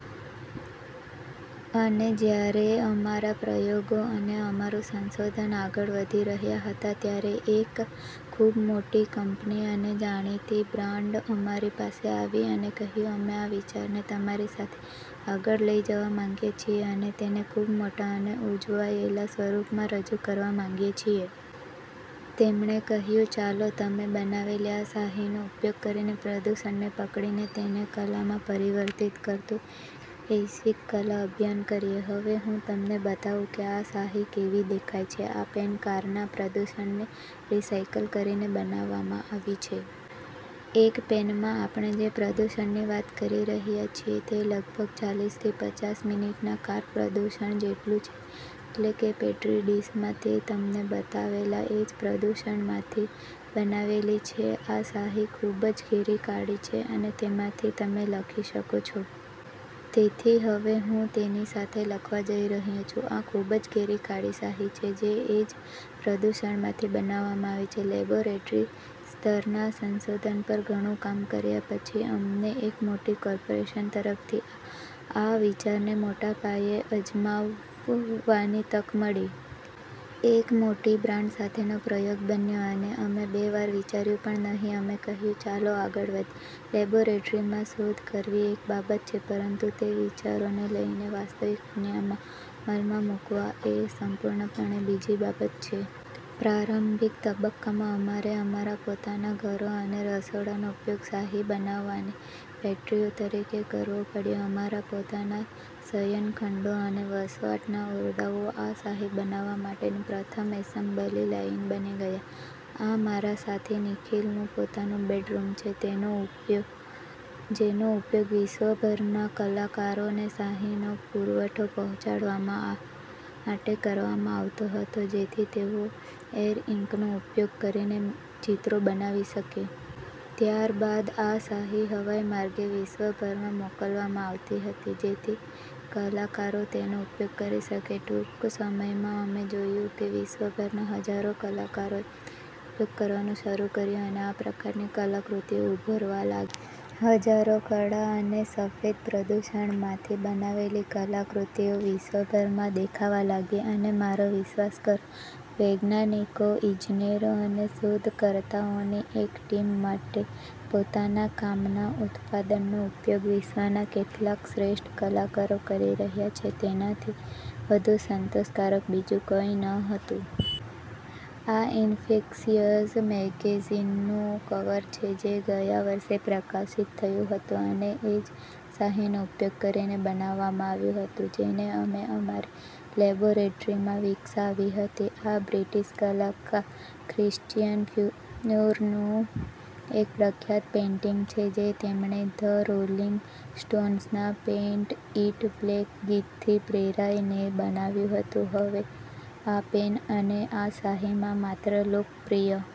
અને જ્યારે અમારા પ્રયોગો અને અમારું સંશોધન આગળ વધી રહ્યાં હતાં, ત્યારે એક ખૂબ મોટી કંપની અને જાણીતી બ્રાન્ડ અમારી પાસે આવી અને કહ્યું, “અમે આ વિચારને તમારી સાથે આગળ લઈ જવા માંગીએ છીએ અને તેને ખૂબ મોટા અને ઉજવાયેલા સ્વરૂપમાં રજૂ કરવા માંગીએ છીએ.” તેમણે કહ્યું, “ચાલો, તમે બનાવેલી આ શાહીનો ઉપયોગ કરીને પ્રદૂષણને પકડીને તેને કલામાં પરિવર્તિત કરતું એક વૈશ્વિક કલા અભિયાન કરીએ.” હવે હું તમને બતાવું કે આ શાહી કેવી દેખાય છે. આ પેન કારના પ્રદૂષણને રિસાયકલ કરીને બનાવવામાં આવી છે. એક પેનમાં આપણે જે પ્રદૂષણની વાત કરી રહ્યા છીએ તે લગભગ ચાલીસથી પચાસ મિનિટના કાર પ્રદૂષણ જેટલું છે, એટલે કે પેટ્રી ડિશમાં મેં તમને બતાવેલા એ જ પ્રદૂષણમાંથી બનાવેલી છે. આ શાહી ખૂબ જ ઘેરી કાળી છે અને તેનાથી તમે લખી શકો છો. તેથી હવે હું તેની સાથે લખવા જઈ રહ્યો છું. આ ખૂબ જ ઘેરી કાળી શાહી છે, જે એ જ પ્રદૂષણમાંથી બનાવવામાં આવી છે. લેબોરેટરી સ્તરના સંશોધન પર ઘણું કામ કર્યા પછી, અમને એક મોટી કોર્પોરેશન તરફથી આ વિચારને મોટા પાયે અજમાવવાની તક મળી. તે એક મોટી બ્રાન્ડ સાથેનો પ્રયોગ બન્યો અને અમે બે વાર વિચાર્યું પણ નહીં. અમે કહ્યું, “ચાલો, આગળ વધીએ.” લેબોરેટરીમાં શોધ કરવી એક બાબત છે, પરંતુ તે વિચારોને લઈને વાસ્તવિક દુનિયામાં અમલમાં મૂકવા એ સંપૂર્ણપણે બીજી બાબત છે. પ્રારંભિક તબક્કામાં, અમારે અમારા પોતાના ઘરો અને રસોડાંનો ઉપયોગ શાહી બનાવવાની ફેક્ટરીઓ તરીકે કરવો પડ્યો. અમારા પોતાના શયનખંડો અને વસવાટના ઓરડાઓ આ શાહી બનાવવા માટેની પ્રથમ એસેમ્બલી લાઇન બની ગયા. આ મારા સાથી નિખિલનું પોતાનું બેડરૂમ છે, જેનો ઉપયોગ વિશ્વભરના કલાકારોને શાહીનો પુરવઠો પહોંચાડવા માટે કરવામાં આવતો હતો, જેથી તેઓ એર-ઇંકનો ઉપયોગ કરીને ચિત્રો બનાવી શકે. ત્યારબાદ આ શાહી હવાઈ માર્ગે વિશ્વભરમાં મોકલવામાં આવતી હતી, જેથી કલાકારો તેનો ઉપયોગ કરી શકે. ટૂંક સમયમાં, અમે જોયું કે વિશ્વભરના હજારો કલાકારોએ તેનો ઉપયોગ કરવાનું શરૂ કર્યું અને આ પ્રકારની કલાકૃતિઓ ઉભરવા લાગી. હજારો કાળા અને સફેદ, પ્રદૂષણમાંથી બનાવેલી કલાકૃતિઓ વિશ્વભરમાં દેખાવા લાગી. અને મારો વિશ્વાસ કરો, વૈજ્ઞાનિકો, ઇજનેરો અને શોધકર્તાઓની એક ટીમ માટે પોતાના કામના ઉત્પાદનનો ઉપયોગ વિશ્વના કેટલાક શ્રેષ્ઠ કલાકારો કરી રહ્યા છે તેનાથી વધુ સંતોષકારક બીજું કંઈ નહોતું. આ “ઇન્ફેક્શિયસ” મેગેઝિનનું કવર છે, જે ગયા વર્ષે પ્રકાશિત થયું હતું અને એ જ શાહીનો ઉપયોગ કરીને બનાવવામાં આવ્યું હતું, જેને અમે અમારી લેબોરેટરીમાં વિકસાવી હતી. આ બ્રિટિશ કલાકાર ક્રિશ્ચિયન ફ્યુરનું એક પ્રખ્યાત પેઇન્ટિંગ છે, જે તેમણે ધ રોલિંગ સ્ટોન્સના “પેઇન્ટ ઇટ બ્લેક” ગીતથી પ્રેરાઈને બનાવ્યું હતું. હવે, આ પેન અને આ શાહીમાં માત્ર લોકપ્રિય...